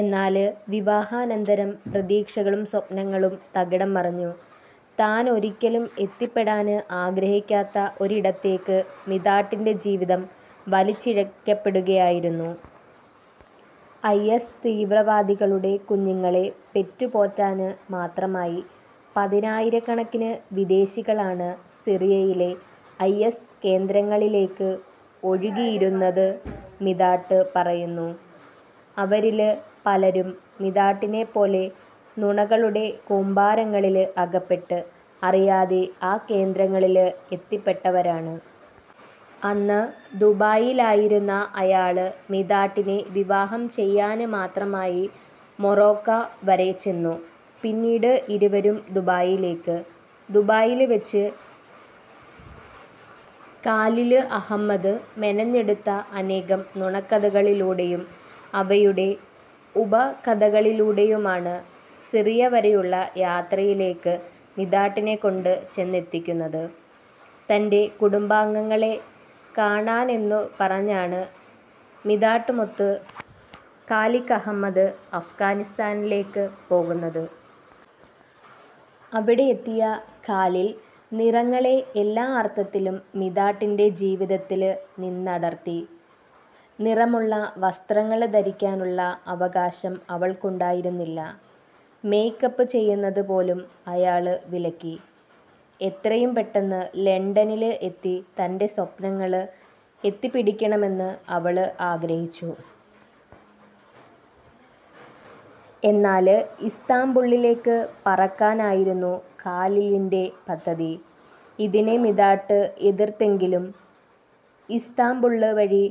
എന്നാല് വിവാഹാനന്തരം പ്രതീക്ഷകളും സ്വപ്നങ്ങളും തകിടം മറിഞ്ഞു. താന് ഒരിക്കലും എത്തിപ്പെടാന് ആഗ്രഹിക്കാത്ത ഒരിടത്തിലേക്ക് മിതാട്ടിന്റെ ജീവിതം വലിച്ചിഴയപ്പെടുകയായിരുന്നു. ഐ. എസ്. തീവ്രവാദികളുടെ കുഞ്ഞുങ്ങളെ പെറ്റു പോറ്റാന് മാത്രമായി പതിനായിരക്കണക്കിന് വിദേശികളാണ് സിറിയയിലെ ഐ. എസ്. കേന്ദ്രങ്ങളിലേക്ക് ഒഴുകിയിരുന്നത് മിതാട്ട് പറയുന്നു. അവരില് പലരും മിതാട്ടിനെപ്പോലെ നുണകളുടെ കൂമ്പാരങ്ങളില് അകപ്പെട്ട് അറിയാതെ ആ കേന്ദ്രങ്ങളില് എത്തപ്പെട്ടവരാണ്. അന്ന് ദുബായിലായിരുന്ന അയാള് മിതാട്ടിനെ വിവാഹം ചെയ്യാന് മാത്രമായി മൊറോക്ക വരെ ചെന്നു. പിന്നീട് ഇരുവരും ദുബായിലേക്ക്. ദുബായില് വെച്ച് ഖലീല് അഹമ്മദ് മെനഞ്ഞെടുത്ത അനേകം നുണക്കഥകളിലൂടെയും അവയുടെ ഉപകഥകളിലൂടെയുമാണ് സിറിയ വരെയുള്ള യാത്രയിലേക്ക് മിതാട്ടിനെ കൊണ്ട് ചെന്നെത്തിക്കുന്നത്. തന്റെ കുടുംബാംഗങ്ങളെ കാണാനെന്നു പറഞ്ഞാണ് മിതാട്ടുമൊത്ത് ഖലീല് അഹമ്മദ് അഫ്ഗാനിസ്ഥാനിലേക്ക് പോകുന്നത്. അവിടെയെത്തിയ ഖലീല് നിറങ്ങളെ എല്ലാ അര്ഥത്തിലും മിതാട്ടിന്റെ ജീവിതത്തില് നിന്നടര്ത്തി. നിറമുള്ള വസ്ത്രങ്ങള് ധരിക്കാനുള്ള അവകാശം അവള്ക്കുണ്ടായിരുന്നില്ല. മെയ്ക്കപ്പ് ചെയ്യുന്നത് പോലും അയാള് വിലക്കി. എത്രയും പെട്ടെന്ന് ലണ്ടനില് എത്തി തന്റെ സ്വപ്നങ്ങള് എത്തിപ്പിടിക്കണമെന്ന് അവള് ആഗ്രഹിച്ചു. എന്നാല് ഇസ്താംബുളിലേക്ക് പറക്കാനായിരുന്നു ഖലീലിന്റെ പദ്ധതി. ഇതിനെ മിതാട്ട് എതിര്ത്തെങ്കിലും ഇസ്താംബുള് വഴി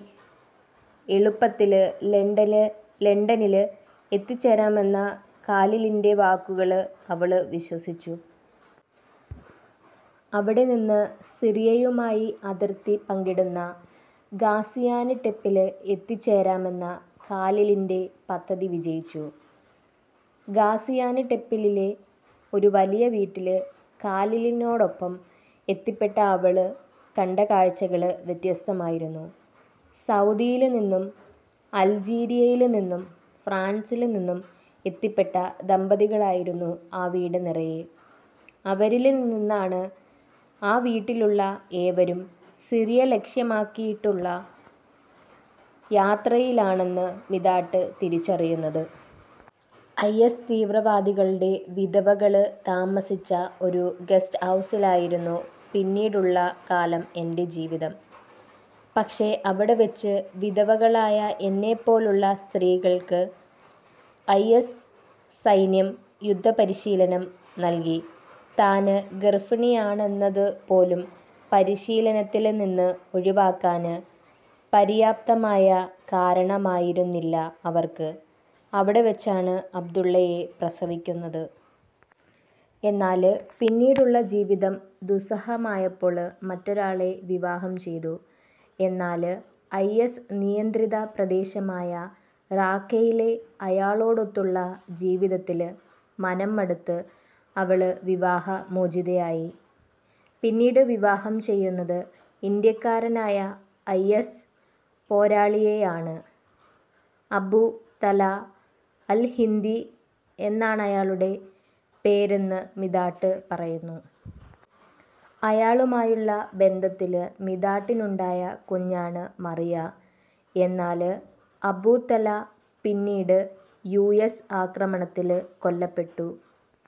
എളുപ്പത്തില് ലണ്ടനില് എത്തിച്ചേരാമെന്ന ഖലീലിന്റെ വാക്കുകള് അവള് വിശ്വസിച്ചു. അവിടെ നിന്ന് സിറിയയുമായി അതിര്ത്തി പങ്കിടുന്ന ഗാസിയാന്ടെപ്പില് എത്തിച്ചേരാമെന്ന ഖലീലിന്റെ പദ്ധതി വിജയിച്ചു. ഗാസിയെന്ടെപ്പിലെ ഒരു വലിയ വീട്ടില് ഖലീലിലിനോടൊപ്പം എത്തപ്പെട്ട അവള് കണ്ട കാഴ്ച്ചകള് വ്യത്യസ്തമായിരുന്നു. സൗദിയില്നിന്നും അല്ജീരിയയില്നിന്നും ഫ്രാന്സില്നിന്നും എത്തിപ്പെട്ട ദമ്പതികളായിരുന്നു ആ വീട് നിറയെ. അവരില്നിന്നാണ് ആ വീട്ടിലുള്ള ഏവരും സിറിയ ലക്ഷ്യമാക്കിയുള്ള യാത്രയിലാണെന്ന് മിതാട്ട് തിരിച്ചറിയുന്നത്. ഐ. എസ്. തീവ്രവാദികളുടെ വിധവകള് താമസിച്ച ഒരു ഗസ്റ്റ് ഹൗസിലായിരുന്നു പിന്നീടുള്ള കാലം എന്റെ ജീവിതം. പക്ഷെ അവിടെ വെച്ച് വിധവകളായ എന്നെപ്പോലുള്ള സ്ത്രീകള്ക്ക് ഐ. എസ്. സൈന്യം യുദ്ധപരീശീലനം നല്കി. താന് ഗര്ഭിണിയാണെന്നതു പോലും പരിശീലനത്തില് നിന്ന് ഒഴിവാകാന് പര്യാപ്തമായ കാരണമായിരുന്നില്ല അവര്ക്ക്. അവിടെ വെച്ചാണ് അബ്ദുള്ളയെ പ്രസവിക്കുന്നത്. എന്നാല് പിന്നീടുള്ള ജീവിതം ദുസ്സഹമായപ്പോള് മറ്റൊരാളെ വിവാഹം ചെയ്തു. എന്നാല് ഐ. എസ്. നിയന്ത്രിത പ്രദേശമായ റാഖയിലെ അയാളോടൊത്തുള്ള ജീവിതത്തില് മനം മടുത്ത് അവള് വിവാഹ മോചിതയായി. പിന്നീട് വിവാഹം ചെയ്യുന്നത് ഇന്ത്യക്കാരനായ ഐ. എസ്. പോരാളിയെയാണ് അബു തലാ അല് ഹിന്ദി എന്നാണയാളുടെ പേരെന്ന് മിതാട്ട് പറയുന്നു. അയാളുമായുള്ള ബന്ധത്തില് മിതാട്ടിനുണ്ടായ കുഞ്ഞാണ് മറിയ. എന്നാല് അബു തലാ പിന്നീട് യു എസ് ആക്രമണത്തില് കൊല്ലപ്പെട്ടു.